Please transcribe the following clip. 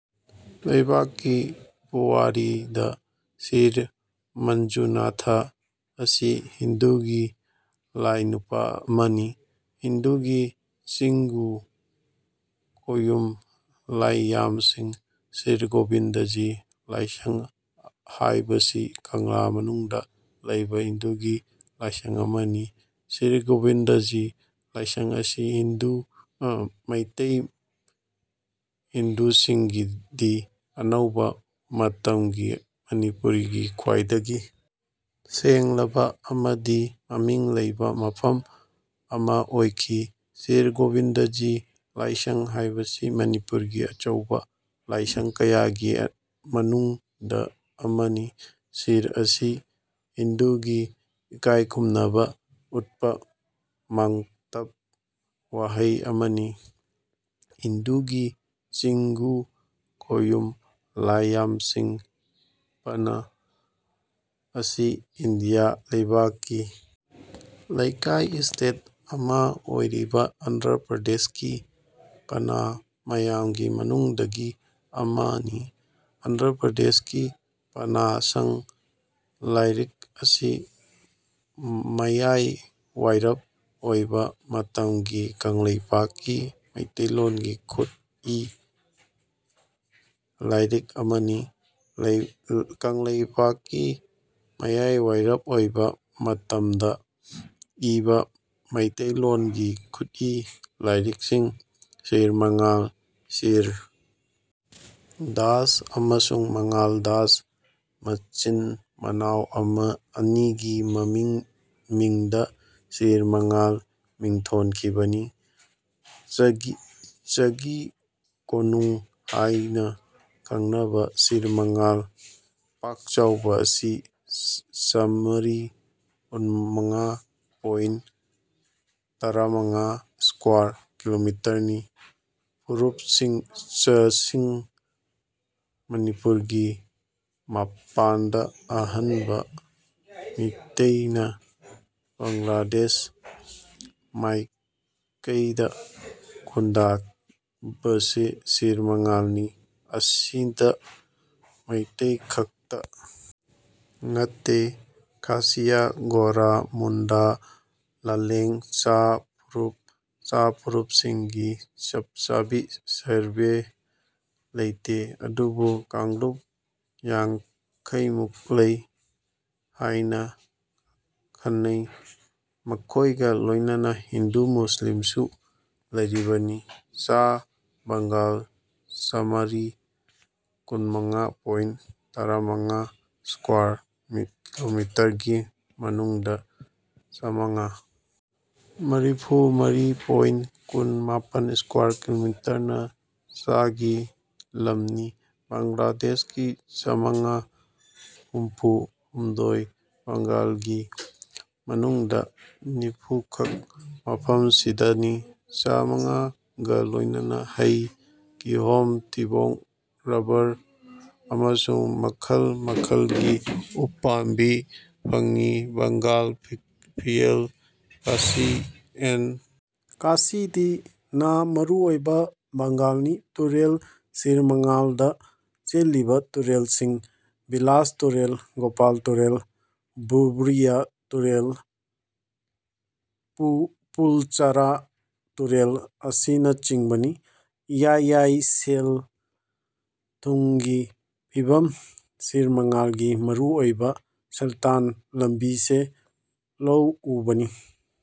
ꯂꯩꯄꯥꯛꯀꯤ ꯄꯨꯋꯥꯔꯤꯗ ꯁ꯭ꯔꯤ ꯃꯟꯖꯨꯅꯥꯊ ꯑꯁꯤ ꯍꯤꯟꯗꯨꯒꯤ ꯂꯥꯢꯅꯨꯄꯥ ꯑꯃꯅꯤ꯫ ꯍꯤꯟꯗꯨꯒꯤ ꯆꯤꯉꯨ ꯈꯣꯌꯨꯝ ꯂꯥꯢꯌꯥꯝꯁꯤꯡ ꯁ꯭ꯔꯤ ꯒꯣꯚꯤꯟꯗꯖꯤ ꯂꯥꯢꯁꯪ ꯍꯥꯏꯕꯁꯤ ꯀꯪꯂꯥ ꯃꯅꯨꯡꯗ ꯂꯩꯕ ꯍꯤꯟꯗꯨꯒꯤ ꯂꯥꯢꯁꯪ ꯑꯃꯅꯤ꯫ ꯁ꯭ꯔꯤ ꯒꯣꯚꯤꯟꯗꯖꯤ ꯂꯥꯢꯁꯪ ꯑꯁꯤ ꯃꯩꯇꯩ ꯍꯤꯟꯗꯨꯁꯤꯡꯒꯤꯗꯤ ꯑꯅꯧꯕ ꯃꯇꯝ ꯒꯤ ꯃꯅꯤꯄꯨꯔꯒꯤ ꯈ꯭ꯋꯥꯢꯗꯒꯤ ꯁꯦꯡꯂꯕ ꯑꯃꯗꯤ ꯃꯃꯤꯡ ꯂꯩꯕ ꯃꯐꯝ ꯑꯃ ꯑꯣꯢꯈꯤ꯫ "ꯁ꯭ꯔꯤ ꯒꯣꯚꯤꯟꯗꯖꯤ ꯂꯥꯢꯁꯪ" ꯍꯥꯏꯕꯁꯤ ꯃꯅꯤꯄꯨꯔꯒꯤ ꯑꯆꯧꯕ ꯂꯥꯢꯁꯪ ꯀꯌꯥꯒꯤ ꯃꯅꯨꯡꯗ ꯑꯃꯅꯤ꯫ ꯁ꯭ꯔꯤ ꯑꯁꯤ ꯍꯤꯟꯗꯨꯒꯤ ꯏꯀꯥꯢꯈꯨꯝꯅꯕ ꯎꯠꯄ ꯃꯥꯡꯇꯞ ꯋꯥꯍꯩ ꯑꯃꯅꯤ꯫ ꯍꯤꯟꯗꯨꯒꯤ ꯆꯤꯉꯨ ꯈꯣꯌꯨꯝ ꯂꯥꯢꯌꯥꯝꯁꯤꯡ ꯄꯅꯥ ꯑꯁꯤ ꯏꯟꯗꯤꯌꯥ ꯂꯩꯄꯥꯛꯀꯤ ꯂꯩꯈꯥꯢ (ꯁ꯭ꯇꯦꯠ) ꯑꯃ ꯑꯣꯢꯔꯤꯕ ꯑꯟꯙ꯭ꯔ ꯄ꯭ꯔꯗꯦꯁꯀꯤ ꯄꯅꯥ ꯃꯌꯥꯝꯒꯤ ꯃꯅꯨꯡꯗꯒꯤ ꯑꯃꯅꯤ꯫ ꯑꯟꯙ꯭ꯔ ꯄ꯭ꯔꯗꯦꯁꯀꯤ ꯄꯅꯥꯁꯤꯡ ꯂꯥꯢꯔꯤꯛ ꯑꯁꯤ ꯃꯌꯥꯢꯋꯥꯢꯔꯞ ꯑꯣꯢꯕ ꯃꯇꯝꯒꯤ ꯀꯪꯂꯩꯄꯥꯛꯀꯤ ꯃꯤꯇꯩꯂꯣꯟꯒꯤ ꯈꯨꯠꯏ ꯂꯥꯢꯔꯤꯛ ꯑꯃꯅꯤ꯫ ꯀꯪꯂꯩꯄꯥꯛꯀꯤ ꯃꯌꯥꯢꯋꯥꯢꯔꯞ ꯑꯣꯢꯕ ꯃꯇꯝꯗ ꯏꯕ ꯃꯤꯇꯩꯂꯣꯟꯒꯤ ꯈꯨꯠꯏ ꯂꯥꯢꯔꯤꯛꯁꯤꯡ ꯁ꯭ꯔꯤꯃꯪꯒꯜ, ꯁ꯭ꯔꯤꯁ ꯗꯥꯁ, ꯑꯃꯁꯨꯡ ꯃꯪꯒꯜ ꯗꯥꯁ ꯃꯆꯤꯟꯃꯅꯥꯎ ꯑꯅꯤꯒꯤ ꯃꯃꯤꯡꯗ ꯁ꯭ꯔꯤꯃꯪꯒꯜ ꯃꯤꯡꯊꯣꯟꯈꯤꯕꯅꯤ꯫ ꯆꯥꯒꯤ ꯀꯣꯅꯨꯡ ꯍꯥꯏꯅ ꯈꯪꯅꯕ ꯁ꯭ꯔꯤꯃꯪꯒꯜ ꯄꯥꯛꯆꯥꯎꯕ ꯑꯁꯤ ꯆꯥꯃꯔꯤ ꯀꯨꯟꯃꯉꯥ ꯄꯣꯏꯟꯇ ꯇꯔꯥꯃꯉꯥ ꯁ꯭ꯀ꯭ꯌꯥꯔ ꯀꯤꯂꯣꯃꯤꯇꯔꯅꯤ꯫ ꯐꯨꯔꯨꯞꯆꯥꯁꯤꯡ ꯃꯅꯤꯄꯨꯔꯒꯤ ꯃꯄꯥꯟꯗ ꯑꯍꯥꯟꯕ ꯃꯤꯇꯩꯅ ꯕꯪꯂꯥꯗꯦꯁ ꯃꯥꯏꯀꯩꯗ ꯈꯨꯟꯗꯥꯈꯤꯕꯁꯦ ꯁ꯭ꯔꯤꯃꯡꯒꯂꯅꯤ꯫ ꯑꯁꯤꯗ ꯃꯩꯇꯩꯈꯛꯇ ꯅꯠꯇꯦ ꯈꯥꯁꯤꯌꯥ, ꯒꯥꯔꯣ, ꯃꯨꯟꯗꯥ, ꯂꯥꯂꯦꯡ, ꯆꯥ ꯐꯨꯔꯨꯞ (ꯆꯥ ꯐꯨꯔꯨꯞꯁꯤꯡꯒꯤ ꯆꯞꯆꯥꯕꯤ ꯁꯥꯔꯚꯦ ꯂꯩꯇꯦ, ꯑꯣꯗꯨꯕꯨ ꯛꯥꯡꯂꯨꯞ ꯌꯥꯡꯈꯩꯃꯨꯛ ꯂꯩ ꯍꯥꯏꯅ ꯈꯟꯅꯩ) ꯃꯈꯣꯏꯒ ꯂꯣꯏꯅꯅ ꯍꯤꯟꯗꯨ ꯃꯨꯁꯂꯤꯝꯁꯨ ꯂꯩꯔꯤꯕꯅꯤ꯫ ꯆꯥ ꯕꯥꯒꯥꯟ ꯆꯥꯃꯔꯤ ꯀꯨꯟꯃꯉꯥ ꯄꯣꯏꯟꯠ ꯇꯔꯥꯃꯉꯥ ꯁ꯭ꯀ꯭ꯋꯥꯔ ꯀꯤꯂꯣꯃꯤꯇꯔꯒꯤ ꯃꯅꯨꯡꯗ ꯆꯥꯃꯉꯥ ꯃꯔꯤꯐꯨ ꯃꯔꯤ ꯄꯣꯏꯟꯠ ꯀꯨꯟ ꯃꯥꯄꯟ ꯁ꯭ꯀ꯭ꯋꯥꯔ ꯀꯤꯂꯣꯃꯤꯇꯔꯅ ꯆꯥꯒꯤ ꯂꯝꯅꯤ꯫ ꯕꯪꯂꯥꯗꯦꯁꯀꯤ ꯆꯥꯃꯒ ꯍꯨꯝꯐꯨ ꯍꯨꯝꯗꯣꯏ ꯕꯥꯒꯥꯟꯒꯤ ꯃꯅꯨꯡꯗ ꯅꯤꯐꯨꯈꯛ ꯃꯐꯝꯁꯤꯗꯅꯤ꯫ ꯆꯥ ꯃꯅꯥꯒ ꯂꯣꯏꯅꯅ ꯍꯩ, ꯀꯤꯍꯣꯝ, ꯊꯩꯕꯣꯡ, ꯔꯕꯔ ꯑꯃꯁꯨꯡ ꯃꯈꯜ ꯃꯈꯜꯒꯤ ꯎꯄꯥꯟꯕꯤ ꯐꯪꯉꯤ꯫ ꯕꯒꯥꯟ ꯐꯤꯅꯂꯦ, ꯀꯥꯖꯤ ꯑꯦꯟ꯭ꯗ ꯀꯥꯖꯤ ꯇꯤ ꯅꯥ ꯃꯔꯨ ꯑꯣꯢꯕ ꯕꯥꯒꯥꯟꯅꯤ꯫ ꯇꯨꯔꯦꯜ ꯁ꯭ꯔꯤꯃꯪꯒꯜꯗ ꯆꯦꯜꯂꯤꯕ ꯇꯨꯔꯦꯜꯁꯤꯡ ꯕꯤꯂꯥꯁ ꯇꯨꯔꯦꯜ, ꯒꯣꯄꯂꯥ ꯇꯨꯔꯦꯜ, ꯚꯨꯔꯚꯨꯔꯤꯌꯥ ꯇꯨꯔꯦꯜ, ꯐꯨꯜꯆꯔꯥ ꯇꯨꯔꯦꯜ ꯑꯁꯤꯅꯆꯤꯡꯕꯅꯤ꯫ ꯢꯌꯥꯏ ꯢꯌꯥꯏ ꯁꯦꯜ ꯊꯨꯝꯒꯤ ꯐꯤꯚꯝ ꯁ꯭ꯔꯤꯃꯪꯒꯜꯒꯤ ꯃꯔꯨ ꯑꯣꯏꯕ ꯁꯦꯜꯇꯥꯟ ꯂꯝꯕꯤꯁꯦ ꯂꯧ ꯎꯕꯅꯤ꯫